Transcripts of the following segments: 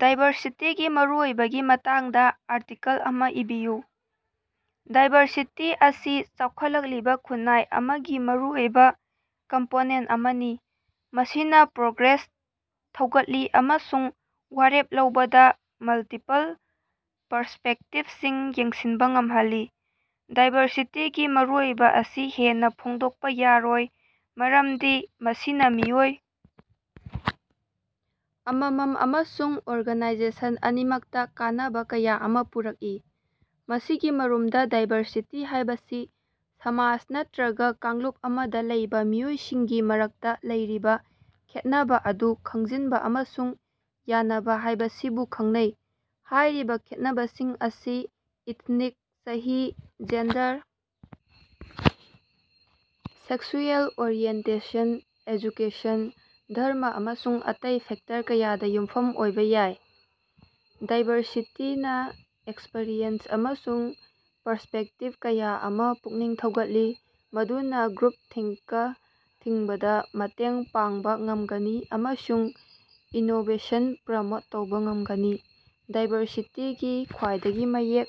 ꯗꯥꯏꯕꯔꯁꯤꯇꯤꯒꯤ ꯃꯔꯨꯑꯣꯏꯕꯒꯤ ꯃꯇꯥꯡꯗ ꯑꯥꯔꯇꯤꯀꯜ ꯑꯃꯥ ꯏꯕꯤꯌꯨ꯫ ꯗꯥꯏꯕꯔꯁꯤꯇꯤ ꯑꯁꯤ ꯆꯥꯎꯈꯠꯂꯛꯂꯤꯕ ꯈꯨꯟꯅꯥꯏ ꯑꯃꯒꯤ ꯃꯔꯨꯑꯣꯏꯕ ꯀꯝꯄꯣꯅꯦꯟꯇ ꯑꯃꯅꯤ, ꯃꯁꯤꯅꯥ ꯄ꯭ꯔꯣꯒ꯭ꯔꯦꯁ ꯊꯧꯒꯠꯂꯤ ꯑꯃꯁꯨꯡ ꯋꯥꯔꯦꯞ ꯂꯧꯕꯗ ꯃꯜꯇꯤꯄꯜ ꯄꯔꯁ꯭ꯄꯦꯛꯇꯤꯕꯁꯤꯡ ꯌꯦꯡꯁꯤꯟꯕ ꯉꯝꯍꯜꯂꯤ꯫ ꯗꯥꯏꯕꯔꯁꯤꯇꯤꯒꯤ ꯃꯔꯨꯑꯣꯏꯕ ꯑꯁꯤ ꯍꯦꯟꯅ ꯐꯣꯡꯗꯣꯛꯄ ꯌꯥꯔꯣꯏ, ꯃꯔꯝꯗꯤ ꯃꯁꯤꯅ ꯃꯤꯑꯣꯏ ꯑꯃꯃꯝ ꯑꯃꯁꯨꯡ ꯑꯣꯔꯒꯅꯥꯏꯖꯦꯁꯟ ꯑꯅꯤꯃꯛꯇ ꯀꯥꯟꯅꯕ ꯀꯌ ꯑꯃ ꯄꯨꯔꯛꯏ꯫ ꯃꯁꯤꯒꯤ ꯃꯔꯨꯝꯗ, ꯗꯥꯏꯕꯔꯁꯤꯇꯤ ꯍꯥꯏꯕꯁꯤ ꯁꯃꯥꯖ ꯅꯠꯇꯔꯒ ꯀꯥꯡꯂꯨꯞ ꯑꯃꯗ ꯂꯩꯕ ꯃꯤꯑꯣꯏꯁꯤꯡꯒꯤ ꯃꯔꯛꯇ ꯂꯩꯔꯤꯕ ꯈꯦꯠꯅꯕ ꯑꯗꯨ ꯈꯪꯖꯤꯟꯕ ꯑꯃꯁꯨꯡ ꯌꯥꯅꯕ ꯍꯥꯏꯕꯁꯤꯕꯨ ꯈꯪꯅꯩ꯫ ꯍꯥꯏꯔꯤꯕ ꯈꯦꯠꯅꯕꯁꯤꯡ ꯑꯁꯤ ꯏꯊꯅꯤꯛ, ꯆꯍꯤ, ꯖꯦꯟꯗꯔ, ꯁꯦꯛꯁꯨꯑꯦꯜ ꯑꯣꯔꯤꯑꯦꯟꯇꯦꯁꯟ, ꯑꯦꯖꯨꯀꯦꯁꯟ, ꯙꯔꯝ ꯑꯃꯁꯨꯡ ꯑꯇꯩ ꯐꯦꯛꯇꯔ ꯀꯌꯥꯗ ꯌꯨꯝꯐꯝ ꯑꯣꯏꯕ ꯌꯥꯏ꯫ ꯗꯥꯏꯕꯔꯁꯤꯇꯤꯅ ꯑꯦꯛꯁꯄꯔꯤꯌꯦꯟꯁ ꯑꯃꯁꯨꯡ ꯄꯔꯁ꯭ꯄꯦꯛꯇꯤꯕ ꯀꯌꯥ ꯑꯃ ꯄꯨꯛꯅꯤꯡ ꯊꯧꯒꯠꯂꯤ, ꯃꯗꯨꯅ ꯒ꯭ꯔꯨꯄꯊꯤꯡꯀ ꯊꯤꯡꯕꯗ ꯃꯇꯦꯡ ꯄꯥꯡꯕ ꯉꯝꯒꯅꯤ ꯑꯃꯁꯨꯡ ꯏꯅꯣꯕꯦꯁꯟ ꯄ꯭ꯔꯃꯣꯠ ꯇꯧꯕ ꯉꯝꯒꯅꯤ꯫ ꯗꯥꯏꯕꯔꯁꯤꯇꯤꯒꯤ ꯈ꯭ꯕꯥꯏꯗꯒꯤ ꯃꯌꯦꯛ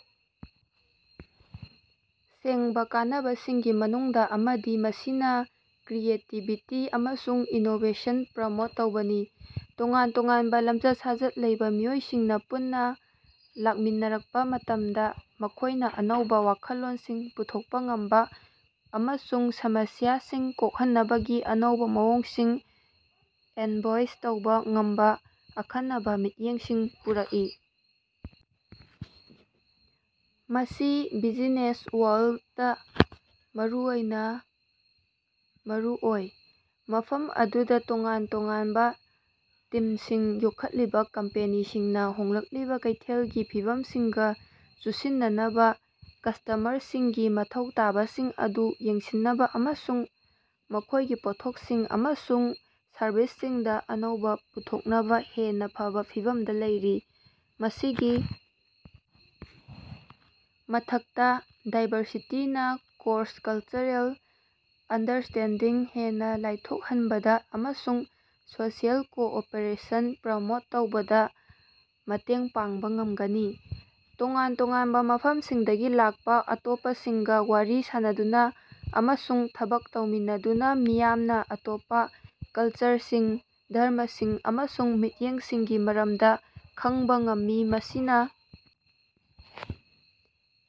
ꯁꯦꯡꯕ ꯀꯥꯟꯅꯕꯁꯤꯡꯒꯤ ꯃꯅꯨꯡꯗ ꯑꯃꯗꯤ ꯃꯁꯤꯅ ꯀ꯭ꯔꯤꯌꯦꯇꯤꯕꯤꯇꯤ ꯑꯃꯁꯨꯡ ꯏꯅꯣꯕꯦꯁꯟ ꯄ꯭ꯔꯃꯣꯠ ꯇꯧꯕꯅꯤ꯫ ꯇꯣꯉꯥꯟ-ꯇꯣꯉꯥꯟꯕ ꯂꯝꯆꯠ-ꯁꯥꯖꯠ ꯂꯩꯕ ꯃꯤꯑꯣꯏꯁꯤꯡꯅ ꯄꯨꯟꯅ ꯂꯥꯛꯃꯤꯟꯅꯔꯛꯄ ꯃꯇꯝꯗ ꯃꯈꯣꯏꯅ ꯑꯅꯧꯕ ꯋꯥꯈꯜꯂꯣꯟꯁꯤꯡ ꯄꯨꯊꯣꯛꯄ ꯉꯝꯕ ꯑꯃꯁꯨꯡ ꯁꯃꯁ꯭ꯌꯥꯁꯤꯡ ꯀꯣꯛꯍꯟꯅꯕꯒꯤ ꯑꯅꯧꯕ ꯃꯑꯣꯡꯁꯤꯡ ꯏꯟꯚꯣꯏꯁ ꯇꯧꯕ ꯉꯝꯕ ꯑꯈꯟꯅꯕ ꯃꯤꯠꯌꯦꯡꯁꯤꯡ ꯄꯨꯔꯛꯏ꯫ ꯃꯁꯤ ꯕꯤꯖꯤꯅꯦꯁ ꯋꯥꯔꯜꯗꯇꯥ ꯃꯔꯨꯑꯣꯏꯅ ꯃꯔꯨꯑꯣꯏ, ꯃꯐꯝ ꯑꯗꯨꯗ ꯇꯣꯉꯥꯟ ꯇꯣꯉꯥꯟꯕ ꯇꯤꯝꯁꯤꯡ ꯌꯣꯛꯈꯠꯂꯤꯕꯥ ꯀꯝꯄꯦꯅꯤꯁꯤꯡꯅ ꯍꯣꯡꯂꯛꯂꯤꯕ ꯀꯩꯊꯦꯜꯒꯤ ꯐꯤꯚꯝꯁꯤꯡꯒ ꯆꯨꯁꯤꯟꯅꯅꯕ, ꯀꯁ꯭ꯇꯃꯔꯁꯤꯡꯒꯤ ꯃꯊꯧ ꯇꯥꯕꯁꯤꯡ ꯑꯗꯨ ꯌꯦꯡꯁꯤꯟꯅꯕ ꯑꯃꯁꯨꯡ ꯃꯈꯣꯏꯒꯤ ꯄꯣꯠꯊꯣꯛꯁꯤꯡ ꯑꯃꯁꯨꯡ ꯁꯔꯕꯤꯁꯁꯤꯡꯗꯥ ꯑꯅꯧꯕ ꯄꯨꯊꯣꯛꯅꯕ ꯍꯦꯟꯅ ꯐꯕ ꯐꯤꯚꯝꯗ ꯂꯩꯔꯤ꯫ ꯃꯁꯤꯒꯤ ꯃꯊꯛꯇ, ꯗꯥꯏꯕꯔꯁꯤꯇꯤꯅ ꯀ꯭ꯔꯣꯁ-ꯀꯜꯆꯔꯦꯜ ꯑꯟꯗꯔꯁ꯭ꯇꯦꯟꯗꯤꯡ ꯍꯦꯟꯅ ꯂꯥꯏꯊꯣꯛꯍꯟꯕꯗ ꯑꯃꯁꯨꯡ ꯁꯣꯁꯤꯑꯦꯜ ꯀꯣꯑꯣꯄꯔꯦꯁꯟ ꯄ꯭ꯔꯃꯣꯠ ꯇꯧꯕꯗ ꯃꯇꯦꯡ ꯄꯥꯡꯕ ꯉꯝꯒꯅꯤ꯫ ꯇꯣꯉꯥꯟ-ꯇꯣꯉꯥꯟꯕ ꯃꯐꯝꯁꯤꯡꯗꯒꯤ ꯂꯥꯛꯄꯥ ꯑꯇꯣꯞꯄꯁꯤꯡꯒ ꯋꯥꯔꯤ ꯁꯥꯅꯗꯨꯅ ꯑꯃꯁꯨꯡ ꯊꯕꯛ ꯇꯧꯃꯤꯟꯅꯗꯨꯅ ꯃꯤꯌꯥꯝꯅ ꯑꯇꯣꯞꯄ ꯀꯜꯆꯔꯁꯤꯡ, ꯙꯔꯝꯃꯁꯤꯡ ꯑꯃꯁꯨꯡ ꯃꯤꯠꯌꯦꯡꯁꯤꯡꯒꯤ ꯃꯔꯝꯗ ꯈꯪꯕ ꯉꯝꯃꯤ꯫ ꯃꯁꯤꯅ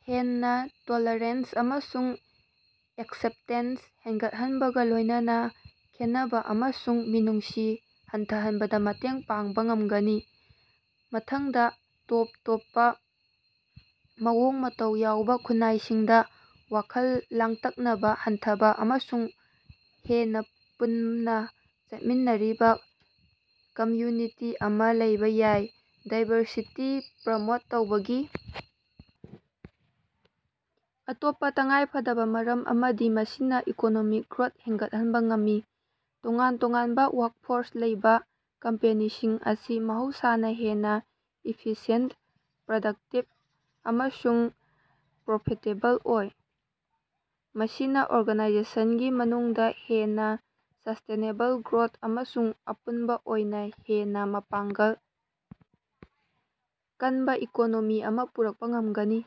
ꯍꯦꯟꯅ ꯇꯣꯜꯔꯦꯟꯁ ꯑꯃꯁꯨꯡ ꯑꯦꯛꯁꯦꯞꯇꯦꯟꯁ ꯍꯦꯟꯒꯠꯍꯟꯕꯒ ꯂꯣꯏꯅꯅ ꯈꯦꯟꯅꯕ ꯑꯃꯁꯨꯡ ꯃꯤꯅꯨꯡꯁꯤ ꯍꯟꯊꯍꯟꯕꯗ ꯃꯇꯦꯡ ꯄꯥꯡꯕ ꯉꯝꯒꯅꯤ꯫ ꯃꯊꯪꯗ, ꯇꯣꯞ ꯇꯣꯞꯄ ꯃꯑꯣꯡ-ꯃꯇꯧ ꯌꯥꯎꯕ ꯈꯨꯟꯅꯥꯏꯁꯤꯡꯗ ꯋꯥꯈꯜ ꯂꯥꯡꯇꯛꯅꯕ ꯍꯟꯊꯕ ꯑꯃꯁꯨꯡ ꯍꯦꯟꯅ ꯄꯨꯟꯅ ꯆꯠꯃꯤꯟꯅꯔꯤꯕ ꯀꯝꯌꯨꯅꯤꯇꯤ ꯑꯃ ꯂꯩꯕꯥ ꯌꯥꯏ꯫ ꯗꯥꯏꯕꯔꯁꯤꯇꯤ ꯄ꯭ꯔꯃꯣꯠ ꯇꯧꯕꯒꯤ ꯑꯇꯣꯞꯄꯥ ꯇꯉꯥꯏꯐꯗꯕ ꯃꯔꯝ ꯑꯃꯗꯤ ꯃꯁꯤꯅ ꯏꯀꯣꯅꯣꯃꯤꯛ ꯒ꯭ꯔꯣꯊ ꯍꯦꯡꯒꯠꯍꯟꯕ ꯉꯝꯃꯤ꯫ ꯇꯣꯉꯥꯟ ꯇꯣꯉꯥꯟꯕ ꯋꯥꯔꯛꯐꯣꯔꯁ ꯂꯩꯕ ꯀꯝꯄꯦꯅꯤꯁꯤꯡ ꯑꯁꯤ ꯃꯍꯧꯁꯥꯅ ꯍꯦꯟꯅ ꯏꯐꯤꯁꯤꯌꯦꯟꯇ, ꯄ꯭ꯔꯗꯛꯇꯤꯕ ꯑꯃꯁꯨꯡ ꯄ꯭ꯔꯣꯐꯤꯇꯦꯕꯜ ꯑꯣꯏ꯫ ꯃꯁꯤꯅ ꯑꯣꯔꯒꯅꯥꯏꯖꯦꯁꯟꯒꯤ ꯃꯅꯨꯡꯗ ꯍꯦꯟꯅꯥ ꯁꯁ꯭ꯇꯦꯅꯦꯕꯜ ꯒ꯭ꯔꯣꯊ ꯑꯃꯁꯨꯡ ꯑꯄꯨꯟꯕ ꯑꯣꯏꯅ ꯍꯦꯟꯅ ꯃꯄꯥꯡꯒꯜ ꯀꯟꯕ ꯏꯀꯣꯅꯣꯃꯤ ꯑꯃ ꯄꯨꯔꯛꯄ ꯉꯝꯒꯅꯤ꯫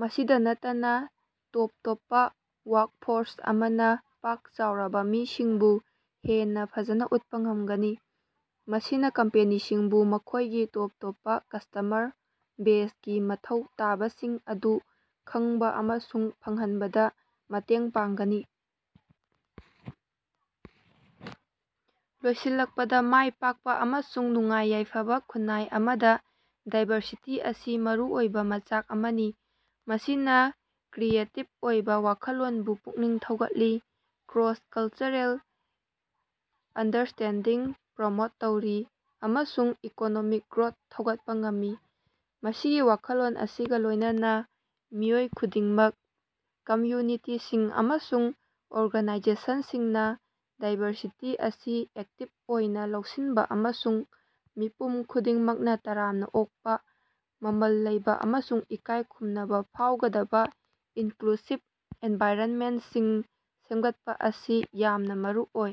ꯃꯁꯤꯗ ꯅꯠꯇꯅ, ꯇꯣꯞ ꯇꯣꯞꯄ ꯋꯥꯔꯛꯐꯣꯔꯁ ꯑꯃꯅ ꯄꯥꯛ ꯆꯥꯎꯔꯕ ꯃꯤꯁꯤꯡꯕꯨ ꯍꯦꯟꯅ ꯐꯖꯅ ꯎꯠꯄ ꯉꯝꯒꯅꯤ, ꯃꯁꯤꯅ ꯀꯝꯄꯦꯅꯤꯁꯤꯡꯕꯨ ꯃꯈꯣꯏꯒꯤ ꯇꯣꯞ ꯇꯣꯞꯄ ꯀꯁ꯭ꯇꯃꯔ ꯕꯦꯖꯒꯤ ꯃꯊꯧ ꯇꯥꯕꯁꯤꯡ ꯑꯗꯨ ꯈꯪꯕ ꯑꯃꯁꯨꯡ ꯐꯪꯍꯟꯕꯗ ꯃꯇꯦꯡ ꯄꯥꯡꯒꯅꯤ꯫ ꯂꯣꯏꯁꯤꯜꯂꯛꯄꯗ, ꯃꯥꯏꯄꯥꯛꯄ ꯑꯃꯁꯨꯡ ꯅꯨꯡꯉꯥꯏ-ꯌꯥꯏꯐꯕ ꯈꯨꯟꯅꯥꯏ ꯑꯃꯗꯥ ꯗꯥꯏꯕꯔꯁꯤꯇꯤ ꯑꯁꯤ ꯃꯔꯨꯑꯣꯏꯕ ꯃꯆꯥꯛ ꯑꯃꯅꯤ꯫ ꯃꯁꯤꯅ ꯀ꯭ꯔꯤꯌꯦꯇꯤꯕ ꯑꯣꯏꯕ ꯋꯥꯈꯜꯂꯣꯟꯕꯨ ꯄꯨꯛꯅꯤꯡ ꯊꯧꯒꯠꯂꯤ, ꯀ꯭ꯔꯣꯁ-ꯀꯜꯆꯔꯦꯜ ꯑꯟꯗꯔꯁ꯭ꯇꯦꯟꯗꯤꯡ ꯄ꯭ꯔꯃꯣꯠ ꯇꯧꯔꯤ ꯑꯃꯁꯨꯡ ꯏꯀꯣꯅꯣꯃꯤꯛ ꯒ꯭ꯔꯣꯊ ꯊꯧꯒꯠꯄ ꯉꯝꯃꯤ꯫ ꯃꯁꯤꯒꯤ ꯋꯥꯈꯜꯂꯣꯟ ꯑꯁꯤꯒ ꯂꯣꯏꯅꯅ, ꯃꯤꯑꯣꯏ ꯈꯨꯗꯤꯡꯃꯛ, ꯀꯝꯌꯨꯅꯤꯇꯤꯁꯤꯡ ꯑꯃꯁꯨꯡ ꯑꯣꯔꯒꯥꯅꯥꯏꯖꯦꯁꯟꯁꯤꯡꯅ ꯗꯥꯏꯕꯔꯁꯤꯇꯤ ꯑꯁꯤ ꯑꯦꯛꯇꯤꯕ ꯑꯣꯏꯅ ꯂꯧꯁꯤꯟꯕ ꯑꯃꯁꯨꯡ ꯃꯤꯄꯨꯝ ꯈꯨꯗꯤꯡꯃꯛꯅ ꯇꯔꯥꯝꯅ ꯑꯣꯛꯄꯥ, ꯃꯃꯜ ꯂꯩꯕꯥ ꯑꯃꯁꯨꯡ ꯏꯀꯥꯏ ꯈꯨꯝꯅꯕ ꯐꯥꯎꯒꯗꯕ ꯏꯟꯀ꯭ꯂꯨꯁꯤꯕ ꯑꯦꯟꯚꯥꯏꯔꯅꯃꯦꯟꯇꯁꯤꯡ ꯁꯦꯝꯒꯠꯄꯥ ꯑꯁꯤ ꯌꯥꯝꯅ ꯃꯔꯨꯑꯣꯏ꯫।